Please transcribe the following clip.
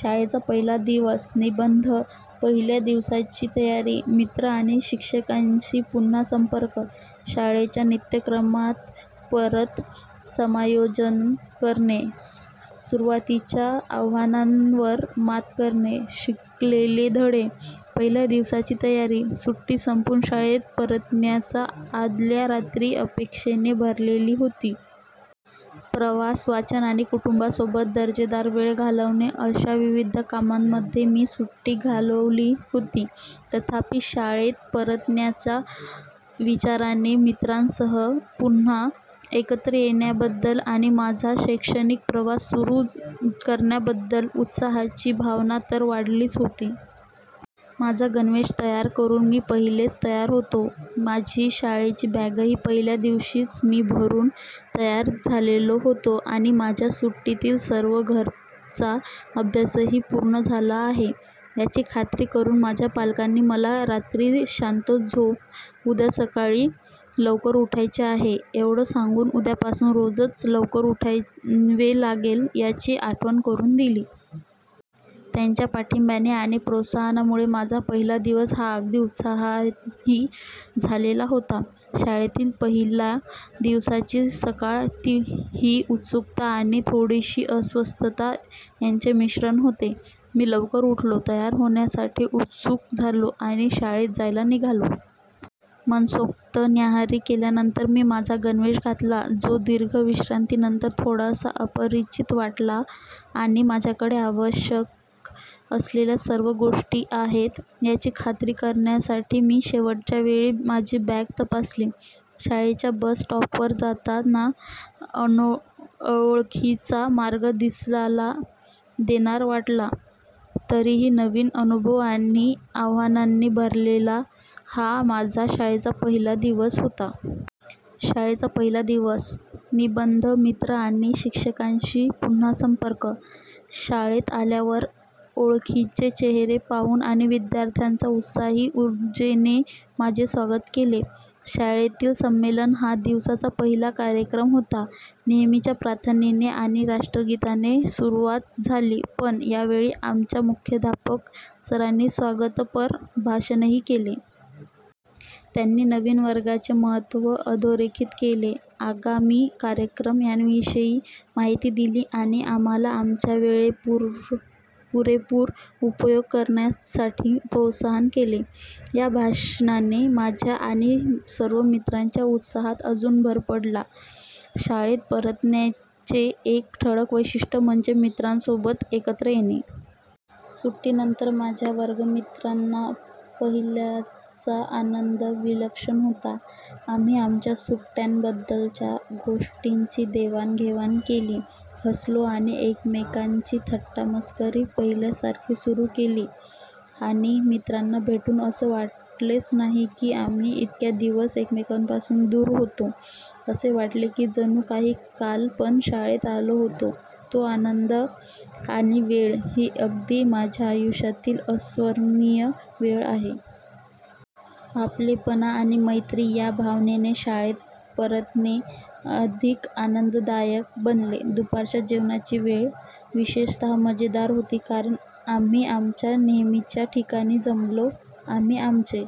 शाळेचा पहिला दिवस निबंध, पहिल्या दिवसाची तयारी, मित्र आणि शिक्षकांशी पुन्हा संपर्क, शाळेच्या नित्यक्रमात परत समायोजन करणे, सुरुवातीच्या आव्हानांवर मात करणे, शिकलेले धडे. पहिल्या दिवसाची तयारी. सुट्टी संपवून शाळेत परतायच्या आदल्या रात्री अपेक्षेने भरलेली होती. प्रवास, वाचन आणि कुटुंबासोबत दर्जेदार वेळ घालवणे अशा विविध कामांमध्ये मी सुट्टी घालवली होती. तथापि, शाळेत परतण्याच्या विचाराने मित्रांसह पुन्हा एकत्र येण्याबद्दल आणि माझा शैक्षणिक प्रवास पुन्हा सुरू करण्याबद्दल उत्साहाची भावना तर वाढलीच होती. माझा गणवेश तयार करून मी पहिलेच तयार होतो, माझी शाळेची बॅगही पहिल्या दिवशीच मी भरून तयार झालेलो होतो आणि माझ्या सुट्टीतील सर्व घरचा अभ्यासही पूर्ण झाला आहे याची खात्री करून माझ्या पालकांनी मला रात्री, शांत झोप, उद्या सकाळी लवकर उठायचे आहे, एवढे सांगून उद्यापासून रोजच लवकर उठावे लागेल याची आठवण करून दिली. त्यांच्या पाठिंब्याने आणि प्रोत्साहनामुळे माझा पहिला दिवस हा अगदी उत्साही झालेला होता. शाळेतील पहिल्या दिवसाची सकाळ ही उत्सुकता आणि थोडीशी अस्वस्थता यांचे मिश्रण होते. मी लवकर उठलो, तयार होण्यासाठी उत्सुक झालो आणि शाळेत जायला निघालो. मनसोक्त न्याहारी केल्यानंतर, मी माझा गणवेश घातला, जो दीर्घ विश्रांतीनंतर थोडासा अपरिचित वाटला आणि माझ्याकडे आवश्यक असलेल्या सर्व गोष्टी आहेत याची खात्री करण्यासाठी मी शेवटच्या वेळी माझी बॅग तपासली. शाळेच्या बस स्टॉपवर जाताना, ओळखीचा मार्ग दिलासा देणारा वाटला, तरीही नवीन अनुभव आणि आव्हानांनी भरलेला हा माझा शाळेचा पहिला दिवस होता. शाळेचा पहिला दिवस निबंध, मित्र आणि शिक्षकांशी पुन्हा संपर्क. शाळेत आल्यावर, ओळखीचे चेहरे पाहून आणि विद्यार्थ्यांच्या उत्साही उर्जेने माझे स्वागत केले. शाळेतील संमेलन हा दिवसाचा पहिला कार्यक्रम होता. नेहमीच्या प्रार्थनेने आणि राष्ट्रगीताने सुरुवात झाली, पण यावेळी आमच्या मुख्याध्यापक सरांनी स्वागतपर भाषणही केले. त्यांनी नवीन वर्गाचे महत्त्व अधोरेखित केले, आगामी कार्यक्रम यांविषयी माहिती दिली आणि आम्हाला आमच्या वेळेचा पुरेपूर उपयोग करण्यासाठी प्रोत्साहित केले. या भाषणाने, माझ्या आणि सर्व मित्रांच्या उत्साहात अजूनच भर पडला. शाळेत परतण्याचे एक ठळक वैशिष्ट्य म्हणजे मित्रांसोबत एकत्र येणे. सुट्टीनंतर माझ्या वर्गमित्रांना पाहिल्याचा आनंद विलक्षण होता. आम्ही आमच्या सुट्ट्यांबद्दलच्या गोष्टींची देवाणघेवाण केली, हसलो आणि एकमेकांची थट्टा मस्करी पहिल्यासारखी सुरू केली आणि मित्रांना भेटून असे वाटलेच नाही की आम्ही इतक्या दिवस एकमेकांपासून दूर होतो, असे वाटले की जणू आम्ही काल पण शाळेत आलो होतो, तो आनंद आणि वेळ ही अगदी माझ्या आयुष्यातील अविस्मरणीय वेळ होती. आपलेपणा आणि मैत्री या भावनेने शाळेत परतणे अधिक आनंददायक बनले. दुपारच्या जेवणाची वेळ विशेषतः मजेदार होती, कारण आम्ही आमच्या नेहमीच्या ठिकाणी जमलो, आम्ही आमचे